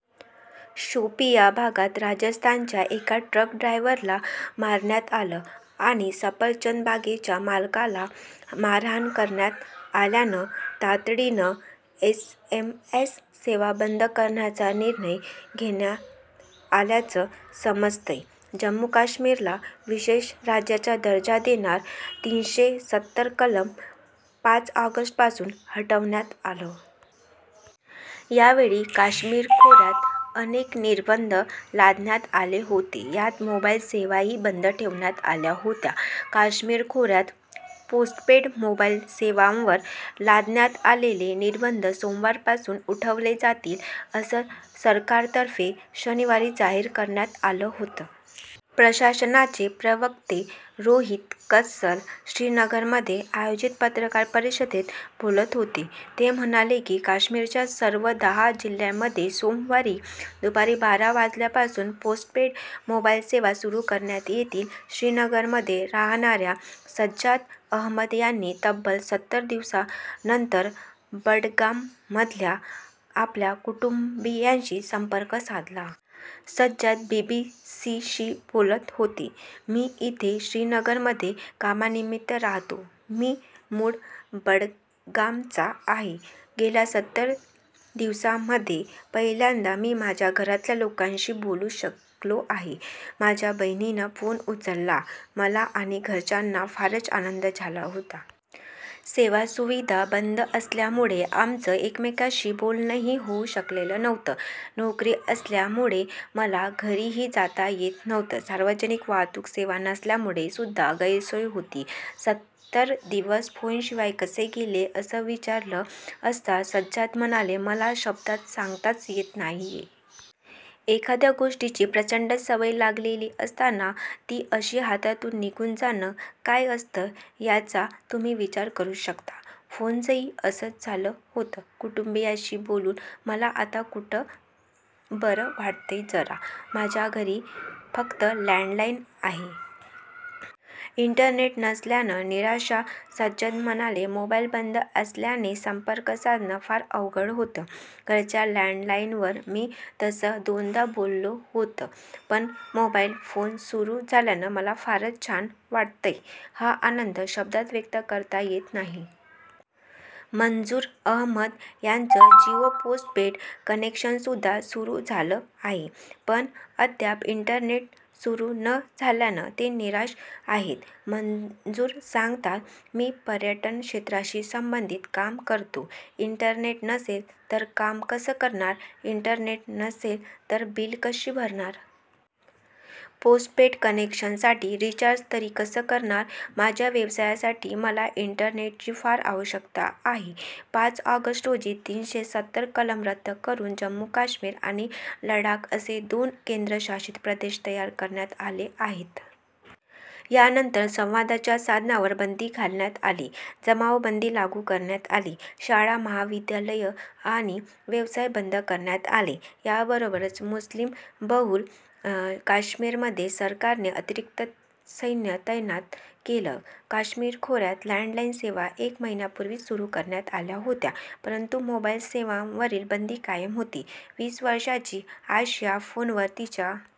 शोपिया भागात राजस्थानच्या एका ट्रक ड्रायव्हरला मारण्यात आलं आणि सफरचंद बागेच्या मालकाला मारहाण करण्यात आल्यानं तातडीनं एसएमएस सेवा बंद करण्याचा निर्णय घेण्यात आल्याचं समजतंय. जम्मू काश्मीरला विशेष राज्याचा दर्जा देणारं तीनशे सत्तर कलम पाच ऑगस्टपासून हटवण्यात आलं. यावेळी काश्मीर खोऱ्यात अनेक निर्बंध लादण्यात आले होते, यात मोबाईल सेवाही बंद ठेवण्यात आल्या होत्या. काश्मीर खोऱ्यात पोस्टपेड मोबाईल सेवांवर लादण्यात आलेले निर्बंध सोमवार पासून उठवले जातील, असं सरकारतर्फे शनिवारी जाहीर करण्यात आलं होतं. प्रशासनाचे प्रवक्ते रोहीत कंसल श्रीनगरमध्ये आयोजित पत्रकार परिषदेत बोलत होते. ते म्हणाले की, काश्मीरच्या सर्व दहा जिल्ह्यांमध्ये सोमवारी दुपारी बारा वाजल्यापासून पोस्टपेड मोबाईल सेवा सुरू करण्यात येतील. श्रीनगरमध्ये राहणाऱ्या सज्जाद अहमद यांनी तब्बल सत्तर दिवसांनंतर बडगाममधल्या आपल्या कुटुंबीयांशी संपर्क साधला. सज्जाद बीबीसीशी बोलत होते, मी इथे श्रीनगरमध्ये कामानिमित्त राहतो. मी मूळ बडगामचा आहे. गेल्या सत्तर दिवसांमध्ये पहिल्यांदा मी माझ्या घरातल्या लोकांशी बोलू शकलो आहे. माझ्या बहिणीनं फोन उचलला. मला आणि घरच्यांना फारच आनंद झाला होता. सेवासुविधा बंद असल्यामुळे आमचं एकमेकांशी बोलणंही होऊ शकलेलं नव्हतं. नोकरी असल्यामुळे मला घरीही जाता येत नव्हतं. सार्वजनिक वाहतूक सेवा नसल्यामुळे सुद्धा गैरसोय होती. सत्तर दिवस फोनशिवाय कसे गेले, असं विचारलं असता सज्जाद म्हणाले, मला शब्दांत सांगताच येत नाहीये. एखाद्या गोष्टीची प्रचंड सवय लागलेली असताना ती अशी हातातून निघून जाणं काय असतं याचा तुम्ही विचार करू शकता. फोनचंही असंच झालं होतं. कुटुंबीयांशी बोलून मला आता कुठे बरं वाटतंय जरा. माझ्या घरी फक्त लँडलाइन आहे. इंटरनेट नसल्यानं निराशा सज्जद म्हणाले, मोबाईल बंद असल्याने संपर्क साधणं फार अवघड होतं. घरच्या लँडलाइनवर मी तसं दोनदा बोललो होतं. पण मोबाईल फोन सुरू झाल्यानं मला फारच छान वाटतंय. हा आनंद शब्दांत व्यक्त करता येत नाही. मंजूर अहमद यांचं जिओ पोस्टपेड कनेक्शनसुद्धा सुरू झालं आहे. पण अद्याप इंटरनेट सुरू न झाल्यानं ते निराश आहेत. मंजूर सांगतात, मी पर्यटन क्षेत्राशी संबंधित काम करतो. इंटरनेट नसेल तर काम कसं करणार. इंटरनेट नसेल तर बिलं कशी भरणार. पोस्टपेड कनेक्शनसाठी रिचार्ज तरी कसं करणार. माझ्या व्यवसायासाठी मला इंटरनेटची फार आवश्यकता आहे. पाच ऑगस्ट रोजी तीनशे सत्तर कलम रद्द करून जम्मू काश्मीर आणि लडाख असे दोन केंद्रशासित प्रदेश तयार करण्यात आले आहेत. यानंतर संवादाच्या साधनांवर बंदी घालण्यात आली, जमावबंदी लागू करण्यात आली. शाळा, महाविद्यालयं आणि व्यवसाय बंद करण्यात आले. याबरोबरच मुस्लीमबहुल काश्मीरमध्ये सरकारने अतिरिक्त सैन्य तैनात केलं. काश्मीर खोऱ्यात लँडलाईन सेवा एक महिन्यापूर्वीच सुरू करण्यात आल्या होत्या, परंतु मोबाईल सेवांवरील बंदी कायम होती. वीस वर्षांची आशिया फोनवर तिच्या